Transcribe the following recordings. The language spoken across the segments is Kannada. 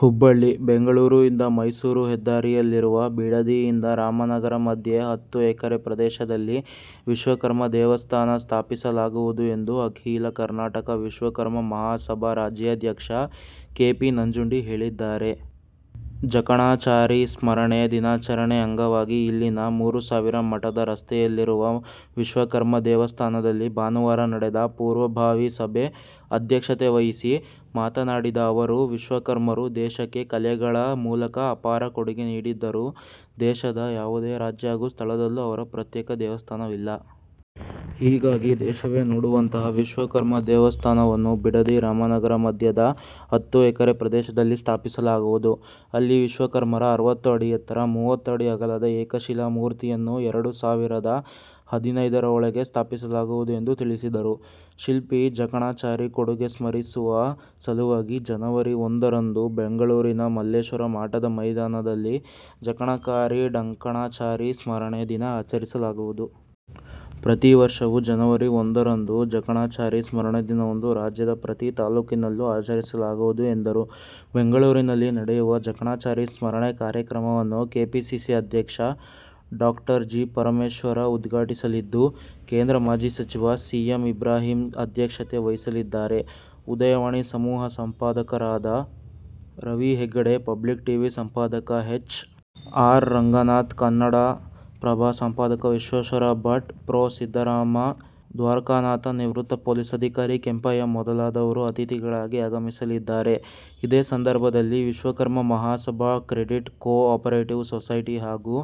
ಹುಬ್ಬಳ್ಳಿ: ಬೆಂಗಳೂರು ಇಂದ ಮೈಸೂರು ಹೆದ್ದಾರಿಯಲ್ಲಿರುವ ಬಿಡದಿ ಇಂದ ರಾಮನಗರ ಮಧ್ಯೆ ಹತ್ತು ಎಕರೆ ಪ್ರದೇಶದಲ್ಲಿ ವಿಶ್ವಕರ್ಮ ದೇವಸ್ಥಾನ ಸ್ಥಾಪಿಸಲಾಗುವುದು ಎಂದು ಅಖೀಲ ಕರ್ನಾಟಕ ವಿಶ್ವಕರ್ಮ ಮಹಾಸಭಾ ರಾಜ್ಯಾಧ್ಯಕ್ಷ ಕೆ. ಪಿ. ನಂಜುಂಡಿ ಹೇಳಿದ್ದಾರೆ. ಜಕಣಾಚಾರಿ ಸ್ಮರಣೆ ದಿನಾಚರಣೆ ಅಂಗವಾಗಿ ಇಲ್ಲಿನ ಮೂರುಸಾವಿರ ಮಠದ ರಸ್ತೆಯಲ್ಲಿರುವ ವಿಶ್ವಕರ್ಮ ದೇವಸ್ಥಾನದಲ್ಲಿ ಭಾನುವಾರ ನಡೆದ ಪೂರ್ವಭಾವಿ ಸಭೆ ಅಧ್ಯಕ್ಷತೆ ವಹಿಸಿ ಮಾತನಾಡಿದ ಅವರು, ವಿಶ್ವಕರ್ಮರು ದೇಶಕ್ಕೆ ಕಲೆಗಳ ಮೂಲಕ ಅಪಾರ ಕೊಡುಗೆ ನೀಡಿದ್ದರೂ ದೇಶದ ಯಾವುದೇ ರಾಜ್ಯ ಹಾಗೂ ಸ್ಥಳದಲ್ಲೂ ಅವರ ಪ್ರತ್ಯೇಕ ದೇವಸ್ಥಾನವಿಲ್ಲ. ಹೀಗಾಗಿ ದೇಶವೇ ನೋಡುವಂತಹ ವಿಶ್ವಕರ್ಮ ದೇವಸ್ಥಾನವನ್ನು ಬಿಡದಿ-ರಾಮನಗರ ಮಧ್ಯದ ಹತ್ತು ಎಕರೆ ಪ್ರದೇಶದಲ್ಲಿ ಸ್ಥಾಪಿಸಲಾಗುವುದು. ಅಲ್ಲಿ ವಿಶ್ವಕರ್ಮರ ಅರವತ್ತು ಅಡಿ ಎತ್ತರ, ಮೂವತ್ತು ಅಡಿ ಅಗಲದ ಏಕಶಿಲಾ ಮೂರ್ತಿಯನ್ನು ಎರಡು ಸಾವಿರದ ಹದಿನೈದರೊಳಗೆ ಸ್ಥಾಪಿಸಲಾಗುವುದು ಎಂದು ತಿಳಿಸಿದರು. ಶಿಲ್ಪಿ ಜಕಣಾಚಾರಿ ಕೊಡುಗೆ ಸ್ಮರಿಸುವ ಸಲುವಾಗಿ ಜನವರಿ ಒಂದರಂದು ಬೆಂಗಳೂರಿನ ಮಲ್ಲೇಶ್ವರಂ ಆಟದ ಮೈದಾನದಲ್ಲಿ ಜಕಣಾಚಾರಿ ಡಂಕಣಾಚಾರಿ ಸ್ಮರಣೆ ದಿನ ಆಚರಿಸಲಾಗುವುದು. ಪ್ರತಿವರ್ಷವೂ ಜನವರಿ ಒಂದರಂದು ಜಕಣಾಚಾರಿ ಸ್ಮರಣೆ ದಿನವನ್ನು ರಾಜ್ಯದ ಪ್ರತಿ ತಾಲೂಕಿನಲ್ಲೂ ಆಚರಿಸಲಾಗುವುದು ಎಂದರು. ಬೆಂಗಳೂರಿನಲ್ಲಿ ನಡೆಯುವ ಜಕಣಾಚಾರಿ ಸ್ಮರಣೆ ಕಾರ್ಯಕ್ರಮವನ್ನು ಕೆಪಿಸಿಸಿ ಅಧ್ಯಕ್ಷ ಡಾ. ಜಿ. ಪರಮೇಶ್ವರ ಉದ್ಘಾಟಿಸಲಿದ್ದು, ಕೇಂದ್ರದ ಮಾಜಿ ಸಚಿವ ಸಿ. ಎಂ. ಇಬ್ರಾಹಿಂ ಅಧ್ಯಕ್ಷತೆ ವಹಿಸಲಿದ್ದಾರೆ. ಉದಯವಾಣಿ ಸಮೂಹ ಸಂಪಾದಕರಾದ ರವಿ ಹೆಗಡೆ ಪಬ್ಲಿಕ್ ಟಿವಿ ಸಂಪಾದಕ ಎಚ್. ಆರ್. ರಂಗನಾಥ್ ಕನ್ನಡ ಪ್ರಭ ಸಂಪಾದಕ ವಿಶ್ವೇಶ್ವರ ಭಟ್ ಪ್ರೊ. ಸಿದ್ಧರಾಮ ದ್ವಾರಕಾನಾಥ ನಿವೃತ್ತ ಪೊಲೀಸ್ ಅಧಿಕಾರಿ ಕೆಂಪಯ್ಯ ಮೊದಲಾದವರು ಅತಿಥಿಗಳಾಗಿ ಆಗಮಿಸಲಿದ್ದಾರೆ. ಇದೇ ಸಂದರ್ಭದಲ್ಲಿ Vishwakarma Mahasabha credit cooperative society ಹಾಗೂ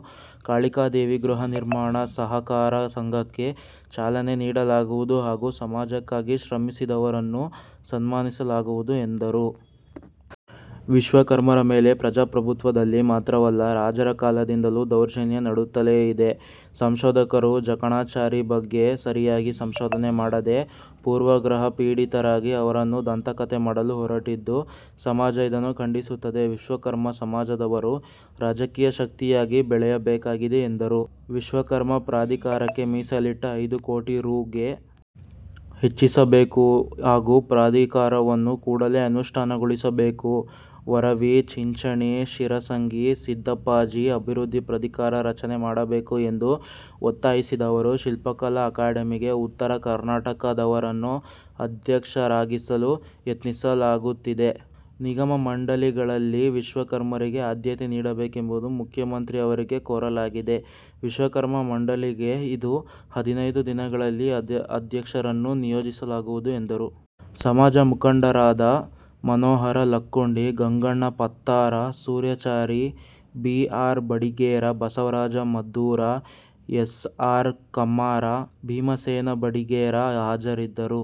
ಕಾಳಿಕಾದೇವಿ ಗೃಹ ನಿರ್ಮಾಣ ಸಹಕಾರ ಸಂಘಕ್ಕೆ ಚಾಲನೆ ನೀಡಲಾಗುವುದು ಹಾಗೂ ಸಮಾಜಕ್ಕಾಗಿ ಶ್ರಮಿಸಿದವರನ್ನು ಸನ್ಮಾನಿಸಲಾಗುವುದು ಎಂದರು. ವಿಶ್ವಕರ್ಮರ ಮೇಲೆ ಪ್ರಜಾಪ್ರಭುತ್ವದಲ್ಲಿ ಮಾತ್ರವಲ್ಲ ರಾಜರ ಕಾಲದಿಂದಲೂ ದೌರ್ಜನ್ಯ ನಡೆಯುತ್ತಲೇ ಇದೆ. ಸಂಶೋಧಕರು ಜಕಣಾಚಾರಿ ಬಗ್ಗೆ ಸರಿಯಾಗಿ ಸಂಶೋಧನೆ ಮಾಡದೆ ಪೂರ್ವಗ್ರಹಪೀಡಿತರಾಗಿ ಅವರನ್ನು ದಂತಕಥೆ ಮಾಡಲು ಹೊರಟಿದ್ದು, ಸಮಾಜ ಇದನ್ನು ಖಂಡಿಸುತ್ತದೆ. ವಿಶ್ವಕರ್ಮ ಸಮಾಜದವರು ರಾಜಕೀಯ ಶಕ್ತಿಯಾಗಿ ಬೆಳೆಯಬೇಕಾಗಿದೆ ಎಂದರು. ವಿಶ್ವಕರ್ಮ ಪ್ರಾಧಿಕಾರಕ್ಕೆ ಮೀಸಲಿಟ್ಟ ಐದು ಕೋಟಿ ರೂ.ಗೆ ಹೆಚ್ಚಿಸಬೇಕು ಹಾಗೂ ಪ್ರಾಧಿಕಾರವನ್ನು ಕೂಡಲೇ ಅನುಷ್ಠಾನಗೊಳಿಸಬೇಕು, ವರವಿ, ಚಿಂಚಣಿ, ಶಿರಸಂಗಿ, ಸಿದ್ದಪ್ಪಾಜಿ ಅಭಿವೃದ್ಧಿ ಪ್ರಾಧಿಕಾರ ರಚನೆ ಮಾಡಬೇಕು ಎಂದು ಒತ್ತಾಯಿಸಿದ ಅವರು, ಶಿಲ್ಪಕಲಾ ಅಕಾಡೆಮಿಗೆ ಉತ್ತರ ಕರ್ನಾಟಕದವರನ್ನು ಅಧ್ಯಕ್ಷರಾಗಿಸಲು ಯತ್ನಿಸಲಾಗುತ್ತಿದೆ. ನಿಗಮ ಮಂಡಳಿಗಳಲ್ಲಿ ವಿಶ್ವಕರ್ಮರಿಗೆ ಆದ್ಯತೆ ನೀಡಬೇಕೆಂದು ಮುಖ್ಯಮಂತ್ರಿ ಅವರಿಗೆ ಕೋರಲಾಗಿದೆ. ವಿಶ್ವಕರ್ಮ ಮಂಡಳಿಗೆ ಇನ್ನು ಹದಿನೈದು ದಿನಗಳಲ್ಲಿ ಅಧ್ಯಕ್ಷರನ್ನು ನಿಯೋಜಿಸಲಾಗುವುದು ಎಂದರು. ಸಮಾಜದ ಮುಖಂಡರಾದ Manohar Lakkundi, Ganganna Pattar, Suryachari, B. R. Badiger, Basavaraj Maddur, S. R. Kammar, Bhimasena Badiger ಹಾಜರಿದ್ದರು.